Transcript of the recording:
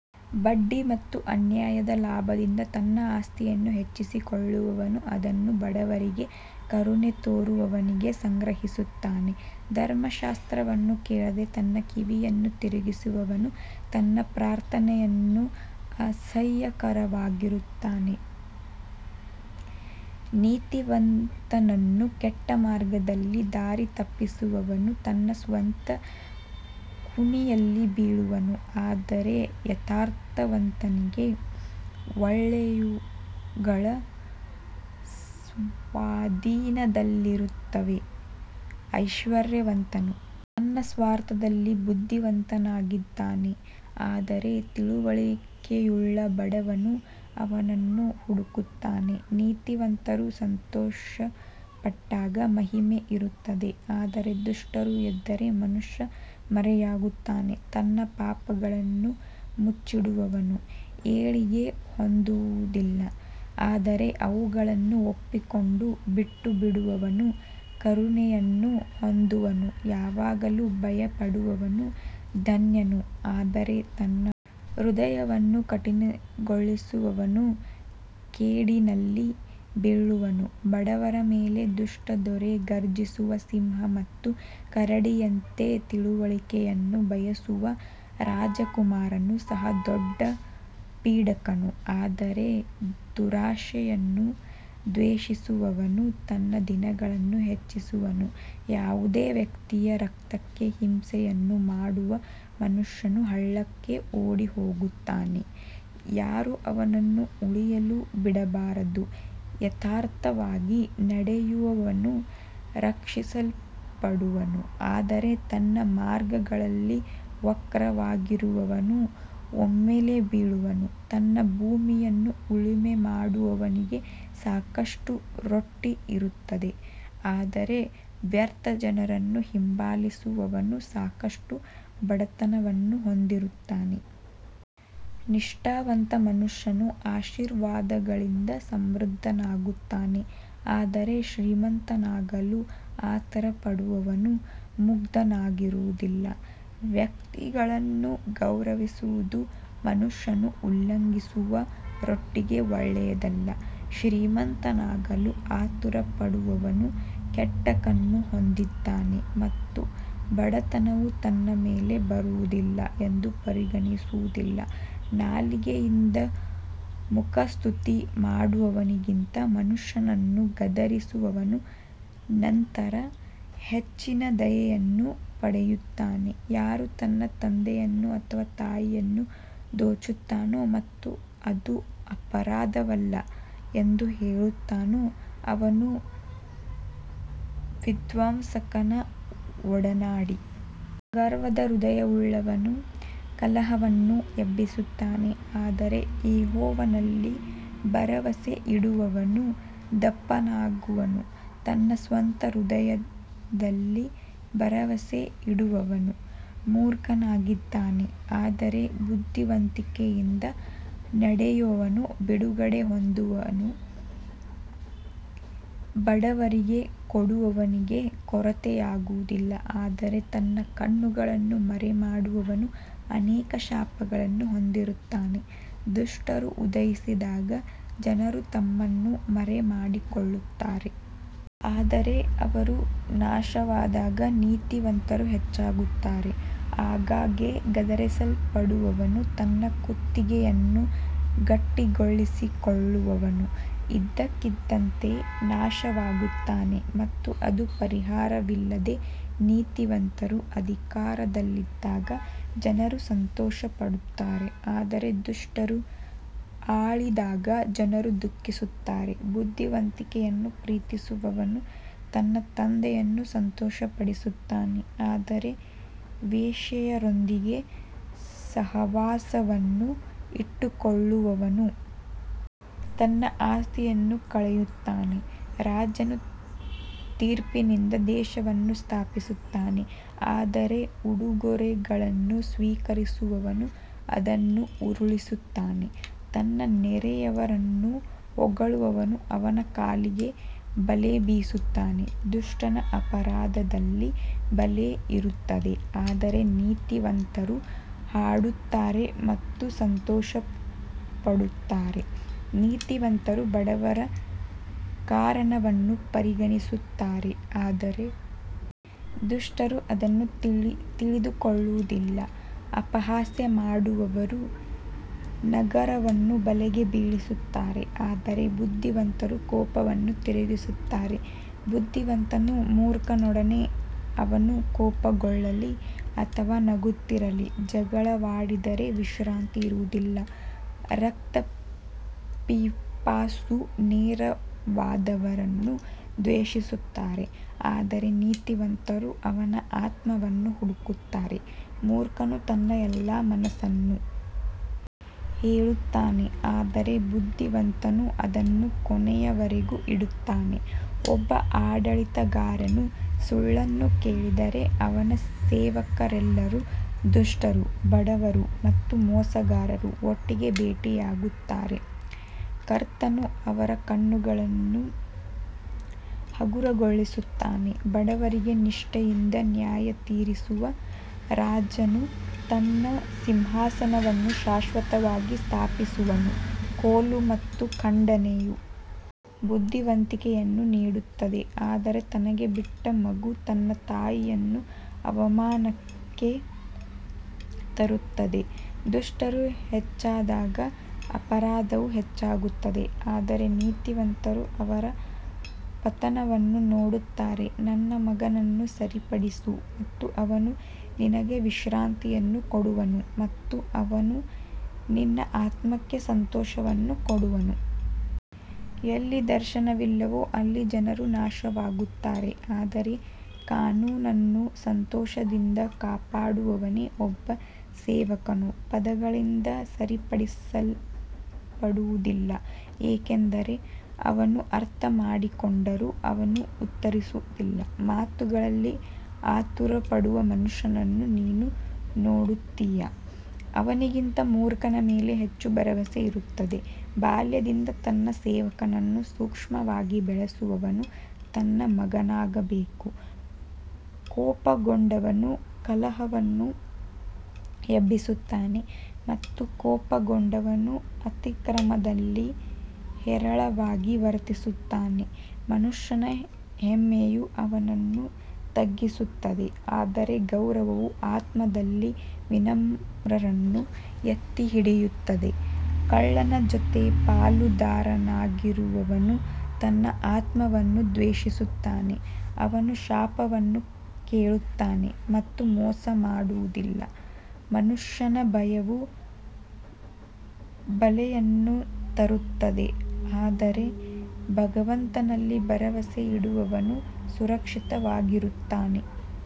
ಬಡ್ಡಿ ಮತ್ತು ಅನ್ಯಾಯದ ಲಾಭದಿಂದ ತನ್ನ ಆಸ್ತಿಯನ್ನು ಹೆಚ್ಚಿಸಿಕೊಳ್ಳುವವನು ಅದನ್ನು ಬಡವರಿಗೆ ಕರುಣೆ ತೋರುವವನಿಗೆ ಸಂಗ್ರಹಿಸುತ್ತಾನೆ. ಧರ್ಮಶಾಸ್ತ್ರವನ್ನು ಕೇಳದೆ ತನ್ನ ಕಿವಿಯನ್ನು ತಿರುಗಿಸುವವನು ತನ್ನ ಪ್ರಾರ್ಥನೆಯನ್ನು ಅಸಹ್ಯಕರವಾಗಿರುತ್ತಾನೆ ನೀತಿವಂತನನ್ನು ಕೆಟ್ಟ ಮಾರ್ಗದಲ್ಲಿ ದಾರಿತಪ್ಪಿಸುವವನು ತನ್ನ ಸ್ವಂತ ಕುಣಿಯಲ್ಲಿ ಬೀಳುವನು ಆದರೆ ಯಥಾರ್ಥವಂತನಿಗೆ ಒಳ್ಳೆಯವುಗಳು ಸ್ವಾಧೀನದಲ್ಲಿರುತ್ತವೆ. ಐಶ್ವರ್ಯವಂತನು ತನ್ನ ಸ್ವಾರ್ಥದಲ್ಲಿ ಬುದ್ಧಿವಂತನಾಗಿದ್ದಾನೆ ಆದರೆ ತಿಳುವಳಿಕೆಯುಳ್ಳ ಬಡವನು ಅವನನ್ನು ಹುಡುಕುತ್ತಾನೆ ನೀತಿವಂತರು ಸಂತೋಷಪಟ್ಟಾಗ ಮಹಿಮೆ ಇರುತ್ತದೆ ಆದರೆ ದುಷ್ಟರು ಎದ್ದರೆ ಮನುಷ್ಯ ಮರೆಯಾಗುತ್ತಾನೆ ತನ್ನ ಪಾಪಗಳನ್ನು ಮುಚ್ಚಿಡುವವನು ಏಳಿಗೆ ಹೊಂದುವುದಿಲ್ಲ ಆದರೆ ಅವುಗಳನ್ನು ಒಪ್ಪಿಕೊಂಡು ಬಿಟ್ಟುಬಿಡುವವನು ಕರುಣೆಯನ್ನು ಹೊಂದುವನು ಯಾವಾಗಲೂ ಭಯಪಡುವವನು ಧನ್ಯನು ಆದರೆ ತನ್ನ ಹೃದಯವನ್ನು ಕಠಿಣಗೊಳಿಸುವವನು ಕೇಡಿನಲ್ಲಿ ಬೀಳುವನು ಬಡವರ ಮೇಲೆ ದುಷ್ಟ ದೊರೆ ಗರ್ಜಿಸುವ ಸಿಂಹ ಮತ್ತು ಕರಡಿಯಂತೆ ತಿಳುವಳಿಕೆಯನ್ನು ಬಯಸುವ ರಾಜಕುಮಾರನು ಸಹ ದೊಡ್ಡ ಪೀಡಕನು ಆದರೆ ದುರಾಶೆಯನ್ನು ದ್ವೇಷಿಸುವವನು ತನ್ನ ದಿನಗಳನ್ನು ಹೆಚ್ಚಿಸುವನು ಯಾವುದೇ ವ್ಯಕ್ತಿಯ ರಕ್ತಕ್ಕೆ ಹಿಂಸೆಯನ್ನು ಮಾಡುವ ಮನುಷ್ಯನು ಹಳ್ಳಕ್ಕೆ ಓಡಿಹೋಗುತ್ತಾನೆ, ಯಾರೂ ಅವನನ್ನು ಉಳಿಯಲು ಬಿಡಬಾರದು ಯಥಾರ್ಥವಾಗಿ ನಡೆಯುವವನು ರಕ್ಷಿಸಲ್ಪಡುವನು ಆದರೆ ತನ್ನ ಮಾರ್ಗಗಳಲ್ಲಿ ವಕ್ರವಾಗಿರುವವನು ಒಮ್ಮೆಲೇ ಬೀಳುವನು ತನ್ನ ಭೂಮಿಯನ್ನು ಉಳುಮೆ ಮಾಡುವವನಿಗೆ ಸಾಕಷ್ಟು ರೊಟ್ಟಿ ಇರುತ್ತದೆ ಆದರೆ ವ್ಯರ್ಥ ಜನರನ್ನು ಹಿಂಬಾಲಿಸುವವನು ಸಾಕಷ್ಟು ಬಡತನವನ್ನು ಹೊಂದಿರುತ್ತಾನೆ. ನಿಷ್ಠಾವಂತ ಮನುಷ್ಯನು ಆಶೀರ್ವಾದಗಳಿಂದ ಸಮೃದ್ಧನಾಗುತ್ತಾನೆ ಆದರೆ ಶ್ರೀಮಂತನಾಗಲು ಆತುರಪಡುವವನು ಮುಗ್ಧನಾಗುವುದಿಲ್ಲ ವ್ಯಕ್ತಿಗಳನ್ನು ಗೌರವಿಸುವುದು ಮನುಷ್ಯನು ಉಲ್ಲಂಘಿಸುವ ರೊಟ್ಟಿಗೆ ಒಳ್ಳೆಯದಲ್ಲ ಶ್ರೀಮಂತನಾಗಲು ಆತುರಪಡುವವನು ಕೆಟ್ಟ ಕಣ್ಣು ಹೊಂದಿದ್ದಾನೆ ಮತ್ತು ಬಡತನವು ತನ್ನ ಮೇಲೆ ಬರುವುದಿಲ್ಲ ಎಂದು ಪರಿಗಣಿಸುವುದಿಲ್ಲ ನಾಲಿಗೆಯಿಂದ ಮುಖಸ್ತುತಿ ಮಾಡುವವನಿಗಿಂತ ಮನುಷ್ಯನನ್ನು ಗದರಿಸುವವನು ನಂತರ ಹೆಚ್ಚಿನ ದಯೆಯನ್ನು ಪಡೆಯುತ್ತಾನೆ ಯಾರು ತನ್ನ ತಂದೆಯನ್ನು ಅಥವಾ ತಾಯಿಯನ್ನು ದೋಚುತ್ತಾನೋ ಮತ್ತು ಅದು ಅಪರಾಧವಲ್ಲ ಎಂದು ಹೇಳುತ್ತಾನೋ ಅವನು ವಿಧ್ವಂಸಕನ ಒಡನಾಡಿ. ಗರ್ವದ ಹೃದಯವುಳ್ಳವನು ಕಲಹವನ್ನು ಎಬ್ಬಿಸುತ್ತಾನೆ ಆದರೆ ಯೆಹೋವನಲ್ಲಿ ಭರವಸೆಯಿಡುವವನು ದಪ್ಪನಾಗುವನು ತನ್ನ ಸ್ವಂತ ಹೃದಯದಲ್ಲಿ ಭರವಸೆಯಿಡುವವನು ಮೂರ್ಖನಾಗಿದ್ದಾನೆ ಆದರೆ ಬುದ್ಧಿವಂತಿಕೆಯಿಂದ ನಡೆಯುವವನು ಬಿಡುಗಡೆ ಹೊಂದುವನು ಬಡವರಿಗೆ ಕೊಡುವವನಿಗೆ ಕೊರತೆಯಾಗುವುದಿಲ್ಲ ಆದರೆ ತನ್ನ ಕಣ್ಣುಗಳನ್ನು ಮರೆಮಾಡುವವನು ಅನೇಕ ಶಾಪಗಳನ್ನು ಹೊಂದಿರುತ್ತಾನೆ ದುಷ್ಟರು ಉದಯಿಸಿದಾಗ ಜನರು ತಮ್ಮನ್ನು ಮರೆಮಾಡಿಕೊಳ್ಳುತ್ತಾರೆ ಆದರೆ ಅವರು ನಾಶವಾದಾಗ ನೀತಿವಂತರು ಹೆಚ್ಚಾಗುತ್ತಾರೆ ಆಗಾಗ್ಗೆ ಗದರಿಸಲ್ಪಡುವವನು ತನ್ನ ಕುತ್ತಿಗೆಯನ್ನು ಗಟ್ಟಿಗೊಳಿಸಿಕೊಳ್ಳುವವನು ಇದ್ದಕ್ಕಿದ್ದಂತೆ ನಾಶವಾಗುತ್ತಾನೆ ಮತ್ತು ಅದು ಪರಿಹಾರವಿಲ್ಲದೆ ನೀತಿವಂತರು ಅಧಿಕಾರದಲ್ಲಿದ್ದಾಗ ಜನರು ಸಂತೋಷಪಡುತ್ತಾರೆ ಆದರೆ ದುಷ್ಟರು ಆಳಿದಾಗ ಜನರು ದುಃಖಿಸುತ್ತಾರೆ ಬುದ್ಧಿವಂತಿಕೆಯನ್ನು ಪ್ರೀತಿಸುವವನು ತನ್ನ ತಂದೆಯನ್ನು ಸಂತೋಷಪಡಿಸುತ್ತಾನೆ ಆದರೆ ವೇಶ್ಯೆಯರೊಂದಿಗೆ ಸಹವಾಸವನ್ನು ಇಟ್ಟುಕೊಳ್ಳುವವನು ತನ್ನ ಆಸ್ತಿಯನ್ನು ಕಳೆಯುತ್ತಾನೆ ರಾಜನು ತೀರ್ಪಿನಿಂದ ದೇಶವನ್ನು ಸ್ಥಾಪಿಸುತ್ತಾನೆ ಆದರೆ ಉಡುಗೊರೆಗಳನ್ನು ಸ್ವೀಕರಿಸುವವನು ಅದನ್ನು ಉರುಳಿಸುತ್ತಾನೆ ತನ್ನ ನೆರೆಯವರನ್ನು ಹೊಗಳುವವನು ಅವನ ಕಾಲಿಗೆ ಬಲೆ ಬೀಸುತ್ತಾನೆ ದುಷ್ಟನ ಅಪರಾಧದಲ್ಲಿ ಬಲೆ ಇರುತ್ತದೆ ಆದರೆ ನೀತಿವಂತರು ಹಾಡುತ್ತಾರೆ ಮತ್ತು ಸಂತೋಷಪಡುತ್ತಾರೆ ನೀತಿವಂತರು ಬಡವರ ಕಾರಣವನ್ನು ಪರಿಗಣಿಸುತ್ತಾರೆ ಆದರೆ ದುಷ್ಟರು ಅದನ್ನು ತಿಳಿದುಕೊಳ್ಳುವುದಿಲ್ಲ ಅಪಹಾಸ್ಯ ಮಾಡುವವರು ನಗರವನ್ನು ಬಲೆಗೆ ಬೀಳಿಸುತ್ತಾರೆ ಆದರೆ ಬುದ್ಧಿವಂತರು ಕೋಪವನ್ನು ತಿರುಗಿಸುತ್ತಾರೆ ಬುದ್ದಿವಂತನು ಮೂರ್ಖನೊಡನೆ ಅವನು ಕೋಪಗೊಳ್ಳಲಿ ಅಥವಾ ನಗುತ್ತಿರಲಿ ಜಗಳವಾಡಿದರೆ ವಿಶ್ರಾಂತಿ ಇರುವುದಿಲ್ಲ ರಕ್ತಪಿಪಾಸು ನೇರವಾದವರನ್ನು ದ್ವೇಷಿಸುತ್ತಾರೆ ಆದರೆ ನೀತಿವಂತರು ಅವನ ಆತ್ಮವನ್ನು ಹುಡುಕುತ್ತಾರೆ ಮೂರ್ಖನು ತನ್ನ ಎಲ್ಲಾ ಮನಸ್ಸನ್ನು ಹೇಳುತ್ತಾನೆ ಆದರೆ ಬುದ್ಧಿವಂತನು ಅದನ್ನು ಕೊನೆಯವರೆಗೂ ಇಡುತ್ತಾನೆ ಒಬ್ಬ ಆಡಳಿತಗಾರನು ಸುಳ್ಳನ್ನು ಕೇಳಿದರೆ ಅವನ ಸೇವಕರೆಲ್ಲರೂ ದುಷ್ಟರು ಬಡವರು ಮತ್ತು ಮೋಸಗಾರರು ಒಟ್ಟಿಗೆ ಭೇಟಿಯಾಗುತ್ತಾರೆ, ಕರ್ತನು ಅವರ ಕಣ್ಣುಗಳನ್ನು ಹಗುರಗೊಳಿಸುತ್ತಾನೆ ಬಡವರಿಗೆ ನಿಷ್ಠೆಯಿಂದ ನ್ಯಾಯತೀರಿಸುವ ರಾಜನು ತನ್ನ ಸಿಂಹಾಸನವನ್ನು ಶಾಶ್ವತವಾಗಿ ಸ್ಥಾಪಿಸುವನು ಕೋಲು ಮತ್ತು ಖಂಡನೆಯು ಬುದ್ಧಿವಂತಿಕೆಯನ್ನು ನೀಡುತ್ತದೆ ಆದರೆ ತನಗೆ ಬಿಟ್ಟ ಮಗು ತನ್ನ ತಾಯಿಯನ್ನು ಅವಮಾನಕ್ಕೆ ತರುತ್ತದೆ ದುಷ್ಟರು ಹೆಚ್ಚಾದಾಗ ಅಪರಾಧವು ಹೆಚ್ಚಾಗುತ್ತದೆ ಆದರೆ ನೀತಿವಂತರು ಅವರ ಪತನವನ್ನು ನೋಡುತ್ತಾರೆ ನಿನ್ನ ಮಗನನ್ನು ಸರಿಪಡಿಸು ಮತ್ತು ಅವನು ನಿನಗೆ ವಿಶ್ರಾಂತಿಯನ್ನು ಕೊಡುವನು ಮತ್ತು ಅವನು ನಿನ್ನ ಆತ್ಮಕ್ಕೆ ಸಂತೋಷವನ್ನು ಕೊಡುವನು ಎಲ್ಲಿ ದರ್ಶನವಿಲ್ಲವೋ ಅಲ್ಲಿ ಜನರು ನಾಶವಾಗುತ್ತಾರೆ ಆದರೆ ಕಾನೂನನ್ನು ಸಂತೋಷದಿಂದ ಕಾಪಾಡುವವನೇ ಒಬ್ಬ ಸೇವಕನು ಪದಗಳಿಂದ ಸರಿಪಡಿಸಲ್ಪಡುವುದಿಲ್ಲ ಏಕೆಂದರೆ ಅವನು ಅರ್ಥಮಾಡಿಕೊಂಡರೂ ಅವನು ಉತ್ತರಿಸುವುದಿಲ್ಲ ಮಾತುಗಳಲ್ಲಿ ಆತುರಪಡುವ ಮನುಷ್ಯನನ್ನು ನೀನು ನೋಡುತ್ತೀಯಾ, ಅವನಿಗಿಂತ ಮೂರ್ಖನ ಮೇಲೆ ಹೆಚ್ಚು ಭರವಸೆ ಇರುತ್ತದೆ ಬಾಲ್ಯದಿಂದ ತನ್ನ ಸೇವಕನನ್ನು ಸೂಕ್ಷ್ಮವಾಗಿ ಬೆಳೆಸುವವನು ತನ್ನ ಮಗನಾಗಬೇಕು ಕೋಪಗೊಂಡವನು ಕಲಹವನ್ನು ಎಬ್ಬಿಸುತ್ತಾನೆ ಮತ್ತು ಕೋಪಗೊಂಡವನು ಅತಿಕ್ರಮದಲ್ಲಿ ಹೇರಳವಾಗಿ ವರ್ತಿಸುತ್ತಾನೆ ಮನುಷ್ಯನ ಹೆಮ್ಮೆಯು ಅವನನ್ನು ತಗ್ಗಿಸುತ್ತದೆ ಆದರೆ ಗೌರವವು ಆತ್ಮದಲ್ಲಿ ವಿನಮ್ರರನ್ನು ಎತ್ತಿಹಿಡಿಯುತ್ತದೆ ಕಳ್ಳನ ಜೊತೆ ಪಾಲುದಾರನಾಗಿರುವವನು ತನ್ನ ಆತ್ಮವನ್ನು ದ್ವೇಷಿಸುತ್ತಾನೆ, ಅವನು ಶಾಪವನ್ನು ಕೇಳುತ್ತಾನೆ ಮತ್ತು ಮೋಸ ಮಾಡುವುದಿಲ್ಲ ಮನುಷ್ಯನ ಭಯವು ಬಲೆಯನ್ನು ತರುತ್ತದೆ ಆದರೆ ಭಗವಂತನಲ್ಲಿ ಭರವಸೆಯಿಡುವವನು ಸುರಕ್ಷಿತವಾಗಿರುತ್ತಾನೆ.